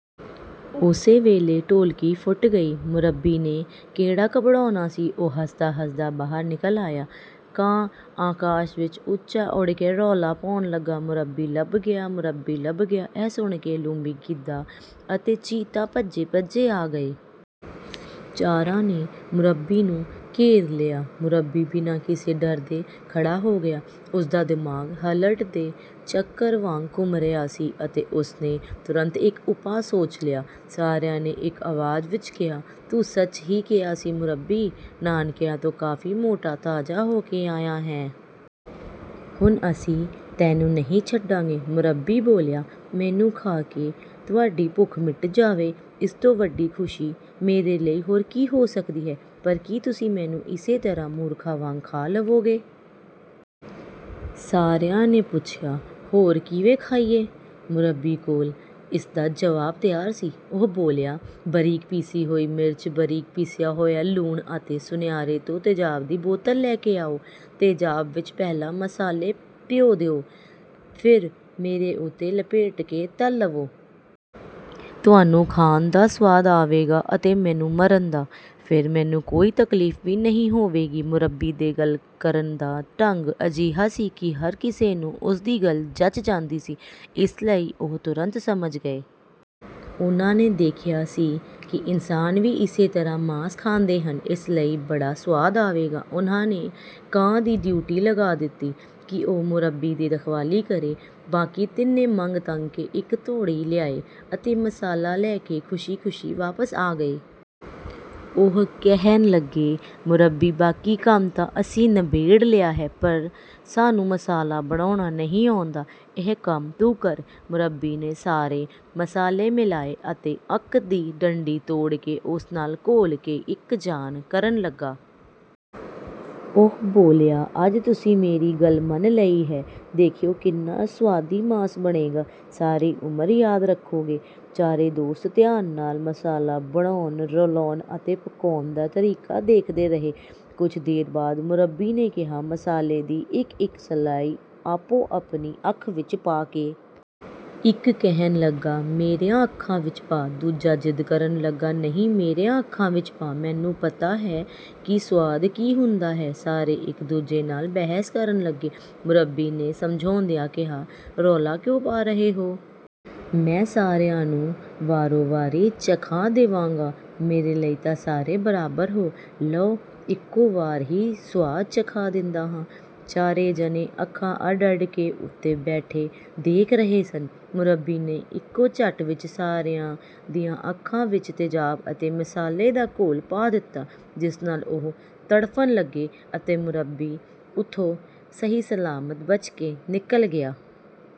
ਉਸੇ ਵੇਲੇ ਢੋਲਕੀ ਫੁੱਟ ਗਈ। ਮੁਰੱਬੀ ਨੇ ਕਿਹੜਾ ਘਬਰਾਉਣਾ ਸੀ, ਉਹ ਹੱਸਦਾ-ਹੱਸਦਾ ਬਾਹਰ ਨਿਕਲ ਆਇਆ। ਕਾਂ ਆਕਾਸ਼ ਵਿੱਚ ਉੱਚਾ ਉੱਡ ਕੇ ਰੌਲਾ ਪਾਉਣ ਲੱਗਾ, "ਮੁਰੱਬੀ ਲੱਭ ਗਿਆ, ਮੁਰੱਬੀ ਲੱਭ ਗਿਆ!" ਇਹ ਸੁਣ ਕੇ ਲੂੰਬੜੀ, ਗਿੱਦੜ ਅਤੇ ਚੀਤਾ ਭੱਜੇ-ਭੱਜੇ ਆ ਗਏ। ਚਾਰਾਂ ਨੇ ਮੁਰੱਬੀ ਨੂੰ ਘੇਰ ਲਿਆ। ਮੁਰੱਬੀ ਬਿਨਾਂ ਕਿਸੇ ਡਰ ਦੇ ਖੜ੍ਹਾ ਹੋ ਗਿਆ। ਉਸ ਦਾ ਦਿਮਾਗ ਹਲਟ ਦੇ ਚੱਕਰ ਵਾਂਗ ਘੁੰਮ ਰਿਹਾ ਸੀ ਅਤੇ ਉਸ ਨੇ ਤੁਰੰਤ ਇੱਕ ਉਪਾਅ ਸੋਚ ਲਿਆ। ਸਾਰਿਆਂ ਨੇ ਇੱਕ ਆਵਾਜ਼ ਵਿੱਚ ਕਿਹਾ, "ਤੂੰ ਸੱਚ ਹੀ ਕਿਹਾ ਸੀ ਮੁਰੱਬੀ, ਨਾਨਕਿਆਂ ਤੋਂ ਕਾਫ਼ੀ ਮੋਟਾ-ਤਾਜ਼ਾ ਹੋ ਕੇ ਆਇਆ ਹੈਂ। ਹੁਣ ਅਸੀਂ ਤੈਨੂੰ ਨਹੀਂ ਛੱਡਾਂਗੇ।" ਮੁਰੱਬੀ ਬੋਲਿਆ, "ਮੈਨੂੰ ਖਾ ਕੇ ਤੁਹਾਡੀ ਭੁੱਖ ਮਿਟ ਜਾਵੇ, ਇਸ ਤੋਂ ਵੱਡੀ ਖ਼ੁਸ਼ੀ ਮੇਰੇ ਲਈ ਹੋਰ ਕੀ ਹੋ ਸਕਦੀ ਹੈ! ਪਰ ਕੀ ਤੁਸੀਂ ਮੈਨੂੰ ਇਸੇ ਤਰ੍ਹਾਂ ਮੂਰਖਾਂ ਵਾਂਗ ਖਾ ਲਵੋਗੇ?" ਸਾਰਿਆਂ ਨੇ ਪੁੱਛਿਆ, "ਹੋਰ ਕਿਵੇਂ ਖਾਈਏ?" ਮੁਰੱਬੀ ਕੋਲ ਇਸ ਦਾ ਜਵਾਬ ਤਿਆਰ ਸੀ। ਉਹ ਬੋਲਿਆ, "ਬਰੀਕ ਪੀਸੀ ਹੋਈ ਮਿਰਚ, ਬਰੀਕ ਪੀਸਿਆ ਲੂਣ ਅਤੇ ਸੁਨਿਆਰੇ ਤੋਂ ਤੇਜ਼ਾਬ ਦੀ ਬੋਤਲ ਲੈ ਕੇ ਆਓ। ਤੇਜ਼ਾਬ ਵਿੱਚ ਪਹਿਲਾਂ ਮਸਾਲੇ ਭਿਓਂ ਦਿਓ, ਫਿਰ ਮੇਰੇ ਉੱਤੇ ਲਪੇਟ ਕੇ ਤਲ ਲਵੋ। ਤੁਹਾਨੂੰ ਖਾਣ ਦਾ ਸੁਆਦ ਆਵੇਗਾ ਅਤੇ ਮੈਨੂੰ ਮਰਨ ਦਾ, ਫਿਰ ਮੈਨੂੰ ਕੋਈ ਤਕਲੀਫ਼ ਵੀ ਨਹੀਂ ਹੋਵੇਗੀ।" ਮੁਰੱਬੀ ਦੇ ਗੱਲ ਕਰਨ ਦਾ ਢੰਗ ਅਜਿਹਾ ਸੀ ਕਿ ਹਰ ਕਿਸੇ ਨੂੰ ਉਸ ਦੀ ਗੱਲ ਜਚ ਜਾਂਦੀ ਸੀ, ਇਸ ਲਈ ਉਹ ਤੁਰੰਤ ਸਮਝ ਗਏ। ਉਨ੍ਹਾਂ ਨੇ ਦੇਖਿਆ ਸੀ ਕਿ ਇਨਸਾਨ ਵੀ ਇਸੇ ਤਰ੍ਹਾਂ ਮਾਸ ਖਾਂਦੇ ਹਨ, ਇਸ ਲਈ ਬੜਾ ਸੁਆਦ ਆਵੇਗਾ। ਉਨ੍ਹਾਂ ਨੇ ਕਾਂ ਦੀ ਡਿਊਟੀ ਲਗਾ ਦਿੱਤੀ ਕਿ ਉਹ ਮੁਰੱਬੀ ਦੀ ਰਖਵਾਲੀ ਕਰੇ। ਬਾਕੀ ਤਿੰਨੇ ਮੰਗ-ਤੰਗ ਕੇ ਇੱਕ ਤੌੜੀ ਲਿਆਏ ਅਤੇ ਮਸਾਲੇ ਲੈ ਕੇ ਖ਼ੁਸ਼ੀ-ਖ਼ੁਸ਼ੀ ਵਾਪਸ ਆ ਗਏ। ਉਹ ਕਹਿਣ ਲੱਗੇ, "ਮੁਰੱਬੀ, ਬਾਕੀ ਕੰਮ ਤਾਂ ਅਸੀਂ ਨਬੇੜ ਲਿਆ ਹੈ ਪਰ ਸਾਨੂੰ ਮਸਾਲਾ ਬਣਾਉਣਾ ਨਹੀਂ ਆਉਂਦਾ, ਇਹ ਕੰਮ ਤੂੰ ਕਰ।" ਮੁਰੱਬੀ ਨੇ ਸਾਰੇ ਮਸਾਲੇ ਮਿਲਾਏ ਅਤੇ ਅੱਕ ਦੀ ਡੰਡੀ ਤੋੜ ਕੇ ਉਸ ਨਾਲ ਘੋਲ ਕੇ ਇੱਕ-ਜਾਨ ਕਰਨ ਲੱਗਾ। ਉਹ ਬੋਲਿਆ, "ਅੱਜ ਤੁਸੀਂ ਮੇਰੀ ਗੱਲ ਮੰਨ ਲਈ ਹੈ, ਦੇਖਿਓ ਕਿੰਨਾ ਸੁਆਦੀ ਮਾਸ ਬਣੇਗਾ, ਸਾਰੀ ਉਮਰ ਯਾਦ ਰੱਖੋਗੇ।" ਚਾਰੇ ਦੋਸਤ ਧਿਆਨ ਨਾਲ ਮਸਾਲਾ ਬਣਾਉਣ, ਰਲਾਉਣ ਅਤੇ ਪਕਾਉਣ ਦਾ ਤਰੀਕਾ ਦੇਖਦੇ ਰਹੇ। ਕੁਝ ਦੇਰ ਬਾਅਦ ਮੁਰੱਬੀ ਨੇ ਕਿਹਾ, "ਮਸਾਲੇ ਦੀ ਇੱਕ-ਇੱਕ ਸਲਾਈ ਆਪੋ-ਆਪਣੀ ਅੱਖ ਵਿੱਚ ਪਾ ਕੇ ਦੇਖੋ ਕਿ ਕਿਤੇ ਲੂਣ-ਮਿਰਚ ਘੱਟ ਜਾਂ ਵੱਧ ਤਾਂ ਨਹੀਂ?" ਇੱਕ ਕਹਿਣ ਲੱਗਾ, "ਮੇਰੀਆਂ ਅੱਖਾਂ ਵਿੱਚ ਪਾ", ਦੂਜਾ ਜ਼ਿੱਦ ਕਰਨ ਲੱਗਾ, "ਨਹੀਂ, ਮੇਰੀਆਂ ਅੱਖਾਂ ਵਿੱਚ ਪਾ, ਮੈਨੂੰ ਪਤਾ ਹੈ ਕਿ ਸੁਆਦ ਕੀ ਹੁੰਦਾ ਹੈ।" ਸਾਰੇ ਇੱਕ-ਦੂਜੇ ਨਾਲ ਬਹਿਸ ਕਰਨ ਲੱਗੇ। ਮੁਰੱਬੀ ਨੇ ਸਮਝਾਉਂਦਿਆਂ ਕਿਹਾ, "ਰੌਲਾ ਕਿਉਂ ਪਾ ਰਹੇ ਹੋ? ਮੈਂ ਸਾਰਿਆਂ ਨੂੰ ਵਾਰੋ-ਵਾਰੀ ਚਖਾ ਦੇਵਾਂਗਾ। ਮੇਰੇ ਲਈ ਤਾਂ ਸਾਰੇ ਬਰਾਬਰ ਹੋ। ਲਓ, ਇੱਕੋ ਵਾਰ ਹੀ ਸੁਆਦ ਚਖਾ ਦਿੰਦਾ ਹਾਂ।" ਚਾਰੇ ਜਣੇ ਅੱਖਾਂ ਅੱਡ-ਅੱਡ ਕੇ ਉੱਥੇ ਬੈਠੇ ਦੇਖ ਰਹੇ ਸਨ। ਮੁਰੱਬੀ ਨੇ ਇੱਕੋ ਝੱਟ ਵਿੱਚ ਸਾਰਿਆਂ ਦੀਆਂ ਅੱਖਾਂ ਵਿੱਚ ਤੇਜ਼ਾਬ ਅਤੇ ਮਸਾਲੇ ਦਾ ਘੋਲ ਪਾ ਦਿੱਤਾ, ਜਿਸ ਨਾਲ ਉਹ ਤੜਫਣ ਲੱਗੇ ਅਤੇ ਮੁਰੱਬੀ ਉੱਥੋਂ ਸਹੀ-ਸਲਾਮਤ ਬਚ ਕੇ ਨਿਕਲ ਗਿਆ।